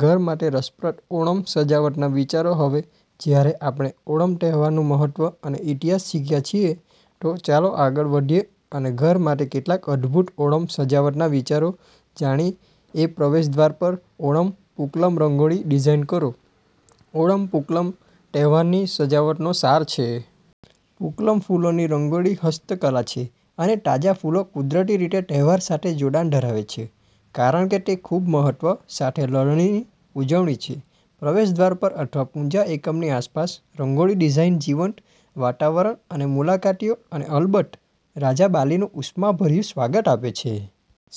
ઘર માટે રસપ્રદ ઓણમ સજાવટના વિચારો હવે જ્યારે આપણે ઓણમ તહેવારનું મહત્વ અને ઈતિહાસ શીખ્યા છીએ, તો ચાલો આગળ વધીએ અને ઘર માટેના કેટલાક અદ્ભુત ઓણમ સજાવટના વિચારો જાણીએપ્રવેશદ્વાર પર ઓણમ પૂકલમ રંગોળી ડિઝાઇન કરો ઓણમ પૂકલમતહેવારની સજાવટનો સાર છે. પુકલમફૂલોની રંગોળી હસ્તકલા છેઅને તાજા ફૂલો કુદરટી રીટે ટહેવાર સાથે જોડાણ ધરાવે છે કારણ કે ટે ખૂબ મહટવ સાથે લણણી ઉજવણી છે. પ્રવેશદ્વાર પર અથવા પૂજા એકમની આસપાસરંગોળી ડિઝાઇન જીવંટ વાટાવરણ અને મુલાકાટીઓ અને અલબટ, રાજા બાલીનું ઉષ્માભર્યું સ્વાગટ આપે છે.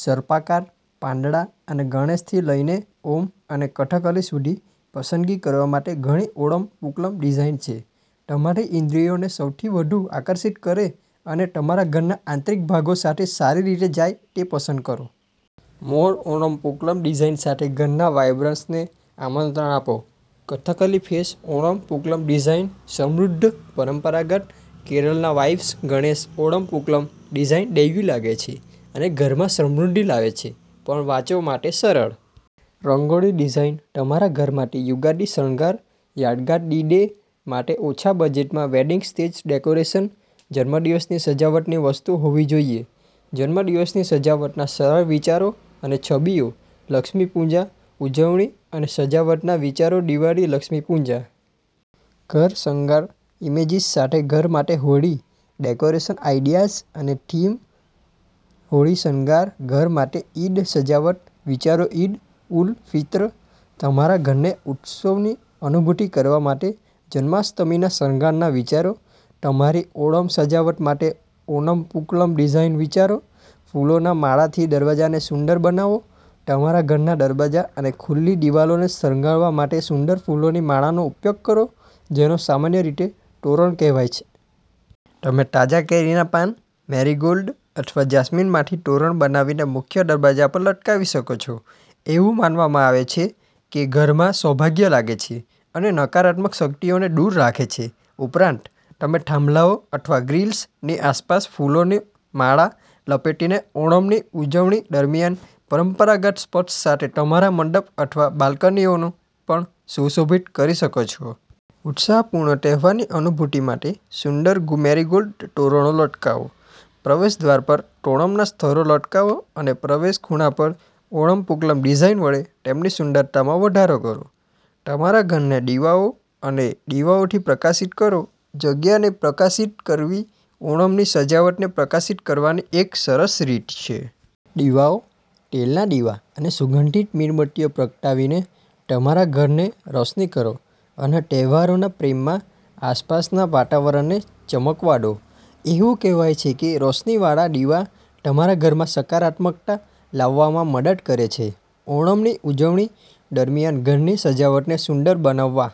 સર્પાકાર, પાંદડા અને ગણેશથી લઈનેઓમ અને કથકલી સુધી, પસંદગી કરવા માટે ઘણી ઓણમ પૂકલમ ડિઝાઇન છે. ટમારી ઇન્દ્રિયોને સૌથી વધુ આકર્ષિત કરે અને ટમારા ઘરના આંતરિક ભાગો સાથે સારી રીટે જાય ટે પસંદ કરો. મોર ઓણમ પૂકલમ ડિઝાઇન સાથે ઘરના વાઇબ્રન્સને આમંત્રણ આપો કથકલી ફેસ ઓણમ પૂકલમ ડિઝાઇન સમૃદ્ધ, પરંપરાગત કેરળના વાઇબ્સ ગણેશ ઓણમ પૂકલમ ડિઝાઇન દૈવી લાગે છે અને ઘરમાં સમૃદ્ધિ લાવે છે પણ વાંચોમાટે સરળ રંગોળી ડિઝાઇન તમારા ઘર માટે યુગાદી શણગાર, યાદગાર ડી ડે માટે ઓછા બજેટમાં વેડિંગ સ્ટેજ ડેકોરેશન, જન્મદિવસની સજાવટની વસ્તુઓ હોવીજોઈએજન્મદિવસની સજાવટના સરળ વિચારો અને છબીઓ, લક્ષ્મી પૂજા ઉજવણી અને સજાવટના વિચારોદિવાળી લક્ષ્મી પૂજા ઘર શનગાર, ઈમેજીસ સાથે ઘર માટે હોળી ડેકોરેશન આઈડિયાઝઅને થીમ હોળી શનગાર, ઘર માટે ઈદ સજાવટના વિચારોઈદ ઉલ ફિત્ર, તમારા ઘરને ઉત્સવની અનુભૂટી કરવા માટે જન્માષ્ટમીના શણગારના વિચારો, તમારી ઓણમ સજાવટ માટે ઓનમ પૂકલમ ડિઝાઇન વિચારો, ફૂલોના માળાથી દરવાજાને સુંદર બનાવો તમારા ઘરના દરવાજા અને ખુલ્લી દિવાલોને શણગારવા માટે સુંદર ફૂલોની માળાનો ઉપયોગ કરો, જેને સામાન્ય રીટે ટોરણ કહેવાય છે. ટમે તાજા કેરીના પાન, મેરીગોલ્ડ અથવા જાસ્મીનમાંથી તોરણ બનાવીને મુખ્ય દરવાજા પર લટકાવી શકો છો. એવું માનવામાં આવે છે કેઘરમાં સૌભાગ્ય લાગે છે અને નકારાત્મક શક્તિઓને દૂર રાખે છે. ઉપરાંટ, ટમે થાંભલાઓ અઠવા ગ્રિલ્સની આસપાસ ફૂલોની માળા લપેટીને ઓણમની ઉજવણી દરમિયાન પરંપરાગત સ્પર્શ સાથે તમારા મંડપ અઠવા બાલ્કનીઓને પણ સુશોભિત કરી શકો છો. ઉત્સાહપૂર્ણ ટહેવારની અનુભૂટી માટે સુંદર ગુ મેરીગોલ્ડ ટોરણો લટકાવો પ્રવેશ દ્વાર પર ટોણમના સ્તરો લટકાવો અને પ્રવેશ ખૂણા પર ઓણમ પૂકલમ ડિઝાઇન વડે તેમની સુંદરતામાં વધારો કરો ટમારા ઘરને ડીવાઓ અને ડીવાઓઠી પ્રકાશિત કરો જગ્યાને પ્રકાશિત કરવીઓણમની સજાવટને પ્રકાશિત કરવાની એક સરસ રીટ છે. ડીવાઓ, તેલના ડીવા અને સુગંધિત મીણબટ્ટીઓ પ્રગટાવીને તમારા ઘરને રોશની કરો અને ટહેવારોના પ્રેમમાં આસપાસના વાટાવરણને ચમકવા દો. એવું કહેવાય છે કે રોશનીવાળા ડીવા તમારા ઘરમાં સકારાત્મકતા લાવવામાં મદદ કરે છે. ઓણમની ઉજવણી દરમિયાન ઘરની સજાવટને સુંદર બનાવવા